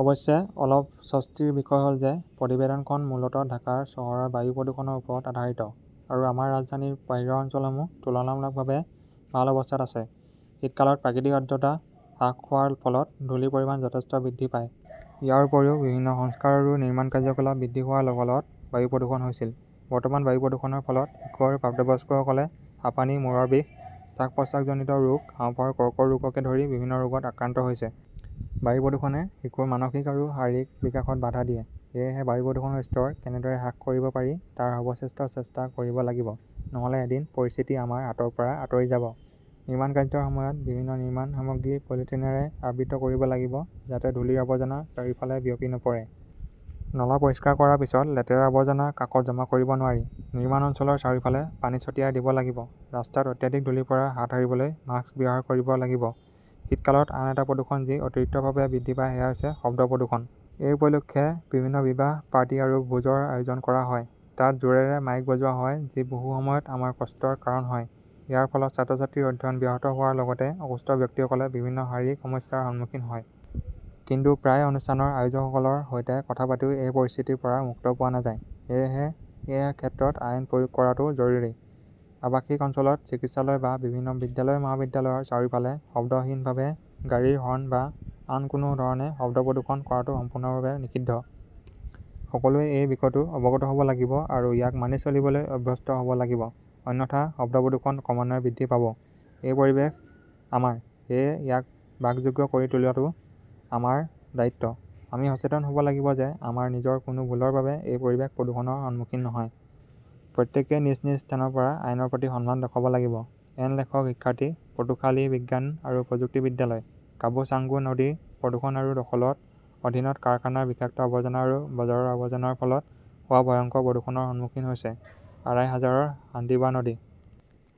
অৱশ্যে, অলপ স্বস্তিৰ বিষয় হ'ল যে, প্ৰতিবেদনখন মূলত ঢাকা চহৰৰ বায়ু প্ৰদূষণৰ ওপৰত আধাৰিত। আৰু আমাৰ ৰাজধানীৰ বাহিৰৰ অঞ্চলসমূহ তুলনামূলকভাৱে ভাল অৱস্থাত আছে। শীতকালত প্ৰকৃতিত আৰ্দ্ৰতা হ্ৰাস হোৱাৰ ফলত ধূলিৰ পৰিমাণ যথেষ্ট বৃদ্ধি পায়। ইয়াৰ উপৰিও, বিভিন্ন সংস্কাৰ আৰু নিৰ্মাণ কাৰ্যকলাপ বৃদ্ধি হোৱাৰ ফলত বায়ু প্ৰদূষণ হৈছিল। বৰ্তমান বায়ু প্ৰদূষণৰ ফলত শিশু আৰু প্ৰাপ্তবয়স্কসকলে হাঁপানি, মূৰৰ বিষ, শ্বাস-প্ৰশ্বাসজনিত ৰোগ, হাঁওফাঁওৰ কৰ্কট ৰোগকে ধৰি বিভিন্ন ৰোগত আক্ৰান্ত হৈছে। বায়ু প্ৰদূষণে শিশুৰ মানসিক আৰু শাৰীৰিক বিকাশত বাধা দিয়ে। সেয়েহে বায়ু প্ৰদূষণৰ স্তৰ কেনেদৰে হ্ৰাস কৰিব পাৰি তাৰ সৰ্বশ্ৰেষ্ঠ চেষ্টা কৰিব লাগিব, নহ'লে এদিন পৰিস্থিতি আমাৰ হাতৰ পৰা আঁতৰি যাব। নিৰ্মাণ কাৰ্যৰ সময়ত বিভিন্ন নিৰ্মাণ সামগ্ৰী পলিথিনৰে আবৃত কৰিব লাগিব যাতে ধূলিৰ আৱৰ্জনা চাৰিওফালে বিয়পি নপৰে। নলা পৰিষ্কাৰ কৰাৰ পিছত লেতেৰা আৱৰ্জনা কাষত জমা কৰিব নোৱাৰি। নিৰ্মাণ অঞ্চলৰ চাৰিওফালে পানী ছটিয়াই দিব লাগিব। ৰাস্তাত অত্যাধিক ধূলিৰ পৰা হাত সাৰিবলৈ মাস্ক ব্যৱহাৰ কৰিব লাগিব। শীতকালত আন এটা প্ৰদূষণ যি অতিৰিক্তভাৱে বৃদ্ধি পায় সেয়া হৈছে- শব্দ প্ৰদূষণ। এই উপলক্ষে বিভিন্ন বিবাহ, পাৰ্টি আৰু ভোজৰ আয়োজন কৰা হয়। তাত জোৰেৰে মাইক বজোৱা হয় যি বহু সময়ত আমাৰ কষ্টৰ কাৰণ হয়। ইয়াৰ ফলত ছাত্ৰ-ছাত্ৰীৰ অধ্যয়ন ব্যাহত হোৱাৰ লগতে অসুস্থ ব্যক্তিসকলে বিভিন্ন শাৰীৰিক সমস্যাৰ সন্মুখীন হয়। কিন্তু প্ৰায়ে অনুষ্ঠানৰ আয়োজকসকলৰ সৈতে কথা পাতিও এই পৰিস্থিতিৰ পৰা মুক্তি পোৱা নাযায়। সেয়েহে এই ক্ষেত্ৰত আইন প্ৰয়োগ কৰাটো জৰুৰী। আৱাসিক অঞ্চলত, চিকিৎসালয় বা বিভিন্ন বিদ্যালয়-মহাবিদ্যালয়ৰ চাৰিওফালে শব্দহীনভাৱে গাড়ীৰ হৰ্ণ বা আন কোনো ধৰণে শব্দ প্ৰদূষণ কৰাটো সম্পূৰ্ণৰূপে নিষিদ্ধ। সকলোৱে এই বিষয়ে অৱগত হ'ব লাগিব আৰু ইয়াক মানি চলিবলৈ অভ্যস্ত হ'ব লাগিব। অন্যথা, শব্দ প্ৰদূষণ ক্ৰমান্বয়ে বৃদ্ধি পাব। এই পৰিৱেশ আমাৰ। সেয়েহে ইয়াক বাসযোগ্য কৰি তোলাটোও আমাৰ দায়িত্ব। আমি সচেতন হ 'ব লাগিব যে আমাৰ নিজৰ কোনো ভুলৰ বাবে এই পৰিৱেশ প্ৰদূষণৰ সন্মুখীন নহয়। প্ৰত্যেকেই নিজ নিজ স্থানৰ পৰা আইনৰ প্ৰতি সন্মান দেখুৱাব লাগিব। এন লেখক শিক্ষাৰ্থী, পটুখালি বিজ্ঞান আৰু প্ৰযুক্তি বিশ্ববিদ্যালয়। কাবু ছাংগু নদী প্ৰদূষণ আৰু দখলৰ অধীনত কাৰখানাৰ বিষাক্ত আৱৰ্জনা আৰু বজাৰৰ আৱৰ্জনাৰ ফলত হোৱা ভয়ংকৰ প্ৰদূষণৰ সন্মুখীন হৈছে আৰাই হাজাৰৰ হাণ্ডিৱা নদী।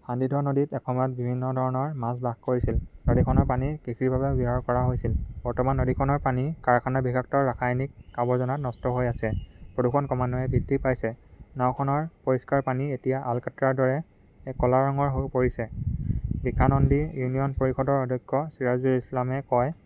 হাণ্ডিধোৱা নদীত এসময়ত বিভিন্ন ধৰণৰ মাছ বাস কৰিছিল। নদীখনৰ পানী কৃষিৰ বাবে ব্যৱহাৰ কৰা হৈছিল। বৰ্তমান, নদীখনৰ পানী কাৰখানাৰ বিষাক্ত ৰাসায়নিক আৱৰ্জনাত নষ্ট হৈ আছে। প্ৰদূষণ ক্ৰমান্বয়ে বৃদ্ধি পাইছে। নাওখনৰ পৰিষ্কাৰ পানী এতিয়া আলকাট্ৰাৰ দৰে ক 'লা ৰঙৰ হৈ পৰিছে। বিশানন্দী ইউনিয়ন পৰিষদৰ অধ্যক্ষ চিৰাজুল ইছলামে কয়।